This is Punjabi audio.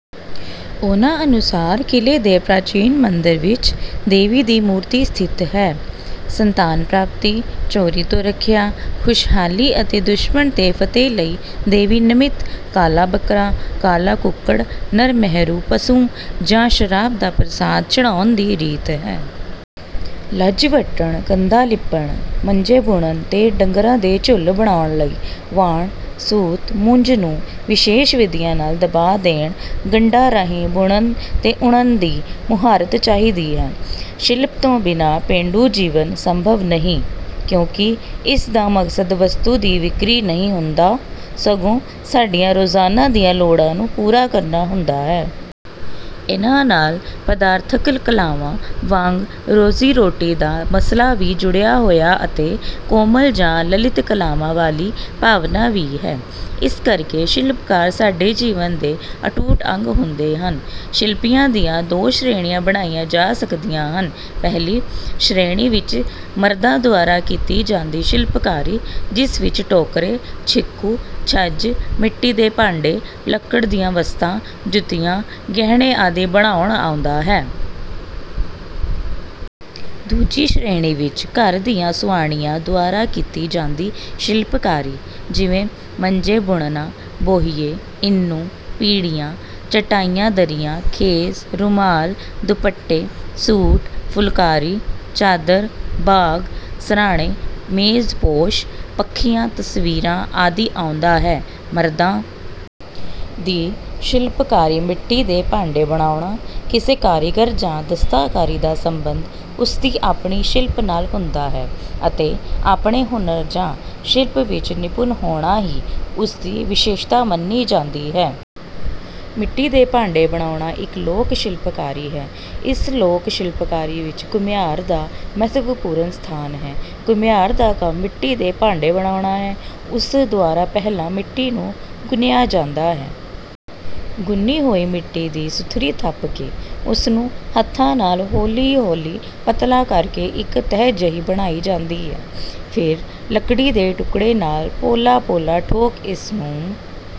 ਉਹਨਾਂ ਅਨੁਸਾਰ ਕਿਲ੍ਹੇ ਦੇ ਪ੍ਰਾਚੀਨ ਮੰਦਿਰ ਵਿਚ ਦੇਵੀ ਦੀ ਮੂਰਤੀ ਸਥਿਤ ਹੈ। ਸੰਤਾਨ ਪ੍ਰਾਪਤੀ, ਚੋਰੀ ਤੋਂ ਰੱਖਿਆ, ਖੁਸ਼ਹਾਲੀ ਅਤੇ ਦੁਸ਼ਮਣ 'ਤੇ ਫਤਿਹ ਲਈ ਦੇਵੀ ਨਮਿਤ ਕਾਲਾ ਬੱਕਰਾ, ਕਾਲਾ ਕੁਕੜ, ਨਰ ਮਹਿਰੂ ਪਸੂ ਜਾਂ ਸ਼ਰਾਬ ਦਾ ਪ੍ਰਸਾਦ ਚੜ੍ਹਾਉਣ ਦੀ ਰੀਤ ਹੈ। ਲੱਜ ਵੱਟਣ, ਕੰਧਾਂ ਲਿਪਣ, ਮੰਜੇ ਬੁਣਨ ਤੇ ਡੰਗਰਾਂ ਦੇ ਝੁੱਲ ਬਣਾਉਣ ਲਈ ਵਾਣ, ਸੂਤ, ਮੁੰਜ ਨੂੰ ਵਿਸ਼ੇਸ਼ ਵਿਧੀਆਂ ਨਾਲ ਦਬਾ ਦੇਣ, ਗੰਢਾਂ ਰਾਹੀਂ ਬੁਣਨ ਤੇ ਉਣਨ ਦੀ ਮੁਹਾਰਤ ਚਾਹੀਦੀ ਹੈ। ਸ਼ਿਲਪ ਤੋਂ ਬਿਨਾਂ ਪੇਂਡੂ ਜੀਵਨ ਸੰਭਵ ਨਹੀਂ ਕਿਉਂਕਿ ਇਸ ਦਾ ਮਕਸਦ ਵਸਤੂ ਦੀ ਵਿਕਰੀ ਨਹੀਂ ਹੁੰਦਾ, ਸਗੋਂ ਸਾਡੀਆਂ ਰੋਜ਼ਾਨਾ ਦੀਆਂ ਲੋੜਾਂ ਨੂੰ ਪੂਰਾ ਕਰਨਾ ਹੁੰਦਾ ਹੈ। "ਇਨ੍ਹਾਂ ਨਾਲ ਪਦਾਰਥਕ ਕਲਾਵਾਂ ਵਾਂਗ ਰੋਜ਼ੀ-ਰੋਟੀ ਦਾ ਮਸਲਾ ਵੀ ਜੁੜਿਆ ਹੋਇਆ ਅਤੇ ਕੋਮਲ ਜਾਂ ਲਲਿਤ ਕਲਾਵਾਂ ਵਾਲੀ ਭਾਵਨਾ ਵੀ ਹੈ। ਇਸ ਕਰ ਕੇ ਸ਼ਿਲਪਕਾਰ ਸਾਡੇ ਜੀਵਨ ਦੇ ਅਟੁੱਟ ਅੰਗ ਹੁੰਦੇ ਹਨ। ਸ਼ਿਲਪੀਆਂ ਦੀਆਂ ਦੋ ਸ਼੍ਰੇਣੀਆਂ ਬਣਾਈਆਂ ਜਾ ਸਕਦੀਆਂ ਹਨ- ਪਹਿਲੀ ਸ਼ੇ੍ਰਣੀ ਵਿੱਚ ਮਰਦਾਂ ਦੁਆਰਾ ਕੀਤੀ ਜਾਂਦੀ ਸ਼ਿਲਪਕਾਰੀ, ਜਿਸ ਵਿੱਚ ਟੋਕਰੇ, ਛਿਕੂ, ਛੱਜ, ਮਿੱਟੀ ਦੇ ਭਾਂਡੇ, ਲੱਕੜ ਦੀਆਂ ਵਸਤਾਂ, ਜੁੱਤੀਆਂ, ਗਹਿਣੇ ਆਦਿ ਬਣਾਉਣ ਆਉਂਦਾ ਹੈ। ਦੂਜੀ ਸ਼੍ਰੇਣੀ ਵਿੱਚ ਘਰ ਦੀਆਂ ਸੁਆਣੀਆਂ ਦੁਆਰਾ ਕੀਤੀ ਜਾਂਦੀ ਸ਼ਿਲਪਕਾਰੀ, ਜਿਵੇਂ- ਮੰਜੇ ਬੁਣਨਾ, ਬੋਹੀਏ, ਇੰਨੂ, ਪੀੜ੍ਹੀਆਂ, ਚਟਾਈਆਂ ਦਰੀਆਂ, ਖੇਸ, ਰੁਮਾਲ, ਦੁਪੱਟੇ, ਸੂਟ, ਫੁਲਕਾਰੀ, ਚਾਦਰ, ਬਾਗ, ਸਰ੍ਹਾਣੇ, ਮੇਜ਼ ਪੋਸ਼, ਪੱਖੀਆਂ, ਤਸਵੀਰਾਂ ਆਦਿ ਆਉਂਦਾ ਹੈ। ਮਰਦਾਂ ਦੀ ਸ਼ਿਲਪਕਾਰੀਮਿੱਟੀ ਦੇ ਭਾਂਡੇਂ ਬਣਾਉਣਾ: ਕਿਸੇ ਕਾਰੀਗਰ ਜਾਂ ਦਸਤਕਾਰੀ ਦਾ ਸੰਬੰਧ ਉਸ ਦੀ ਆਪਣੀ ਸ਼ਿਲਪ ਨਾਲ ਹੁੰਦਾ ਹੈ ਅਤੇ ਆਪਣੇ ਹੁਨਰ ਜਾਂ ਸ਼ਿਲਪ ਵਿੱਚ ਨਿਪੁੰਨ ਹੋਣਾ ਹੀ ਉਸ ਦੀ ਵਿਸ਼ੇਸ਼ਤਾ ਮੰਨੀ ਜਾਂਦੀ ਹੈ। ਮਿੱਟੀ ਦੇ ਭਾਂਡੇ ਬਣਾਉਣਾ ਇੱਕ ਲੋਕ ਸ਼ਿਲਪਕਾਰੀ ਹੈ। ਇਸ ਲੋਕ ਸ਼ਿਲਪਕਾਰੀ ਵਿੱਚ ਘੁਮਿਆਰ ਦਾ ਮਹੱਤਵਪੂਰਨ ਸਥਾਨ ਹੈ। ਘੁਮਿਆਰ ਦਾ ਕੰਮ ਮਿੱਟੀ ਦੇ ਭਾਂਡੇ ਬਣਾਉਣਾ ਹੈ। ਉਸ ਦੁਆਰਾ ਪਹਿਲਾਂ ਮਿੱਟੀ ਨੂੰ ਗੁੰਨਿਆ ਜਾਂਦਾ ਹੈ। "ਗੁੰਨੀ ਹੋਈ ਮਿੱਟੀ ਦੀ ਸੁਥਰੀ ਥੱਪ ਕੇ ਉਸ ਨੂੰ ਹੱਥਾਂ ਨਾਲ ਹੌਲੀ-ਹੌਲੀ ਪਤਲਾ ਕਰ ਕੇ ਇੱਕ ਤਹਿ ਜਿਹੀ ਬਣਾਈ ਜਾਂਦੀ ਹੈ। ਫਿਰ ਲੱਕੜੀ ਦੇ ਟੁਕੜੇ ਨਾਲ ਪੋਲਾ ਪੋਲਾ ਠੋਕ ਇਸ ਨੂੰ...